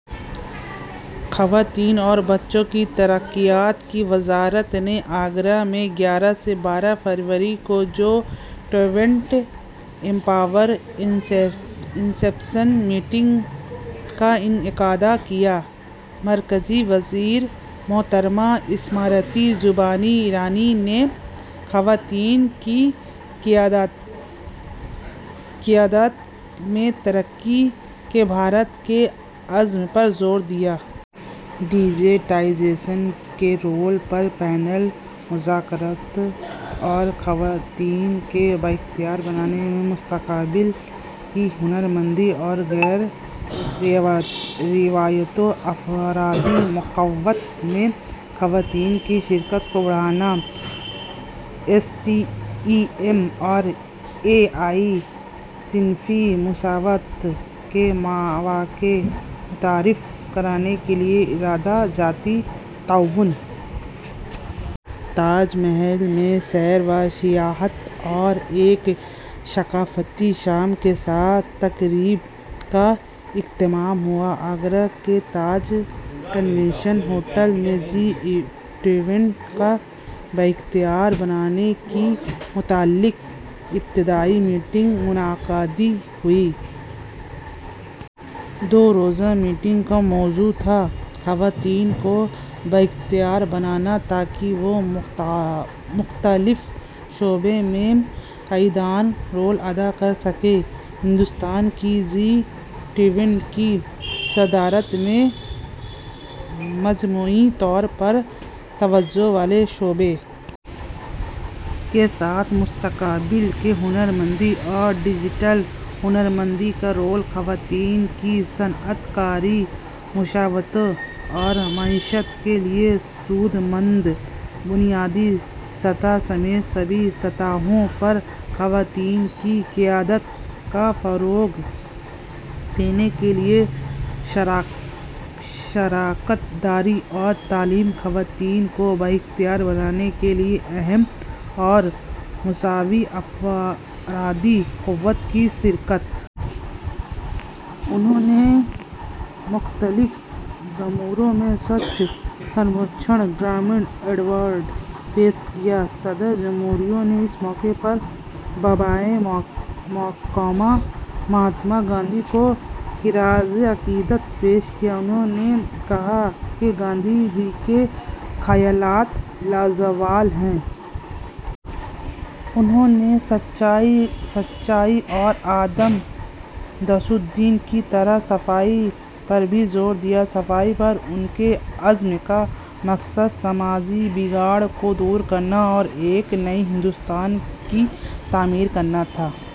خواتین اور بچوں کی ترقیات کی وزارت نے آگرہ میں گیارہ سے بارہ فروری کو G twenty empower inception meeting کا انعقاد کیا۔ مرکزی وزیر محترمہ اسمرتی زوبین ایرانی نے خواتین کی قیادت میں ترقی کے بھارت کے عزم پر زور دیا ہے۔ ڈیجیٹائزیشن کے رول پر پینل مذاکرات اور خواتین کو بااختیار بنانے میں مستقبل کی ہنرمندی اور غیر روایتی افرادی قوت میں خواتین کی شرکت کو بڑھانا، ایس ٹی ای ایم اور اے آئی میں صنفی مساوات کے مواقع متعارف کرانے کے لیے ادارہ جاتی تعاون۔ تاج محل میں سیر و سیاحت اور ایک ثقافتی شام کے ساتھ تقریب کا اختتام ہوا۔ آگرہ کے تاج کنونشن ہوٹل میں جی ٹوئنٹی کو بااختیار بنانے سے متعلق ابتدائی میٹنگ منعقد ہوئی۔ دو روزہ میٹنگ کا موضوع تھا: خواتین کو بااختیار بنانا تاکہ وہ مختلف شعبوں میں قائدانہ رول ادا کر سکیں، ہندوستان کی جی ٹوئنٹی کی صدارت میں مجموعی طور پر توجہ والے شعبوں کے ساتھ مستقبل کی ہنرمندی اور ڈیجیٹل ہنرمندی کا رول، خواتین کی صنعت کاری، مساوات اور معیشت کے لیے سود مند، بنیادی سطح سمیت سبھی سطحوں پر خواتین کی قیادت کو فروغ دینے کے لیے شراکت داری اور تعلیم، خواتین کو بااختیار بنانے کے لیے اہم اور مساوی افرادی قوت کی شرکت۔ انھوں نے مختلف زمروں میں سوچھ سرویکشن گرامین ایوارڈ پیش کیے۔ صدر جمہوریہ نے اس موقع پر بابائے قوم مہاتما گاندھی کو خراج عقیدت پیش کیا۔ انھوں نے کہا کہ گاندھی جی کے خیالات لازوال ہیں۔ انھوں نے سچائی اور عدم تشدد کی طرح صفائی پر بھی زور دیا۔ صفائی پر ان کے عزم کا مقصد سماجی بگاڑ کو دور کرنا اور ایک نئے ہندوستان کی تعمیر کرنا تھا۔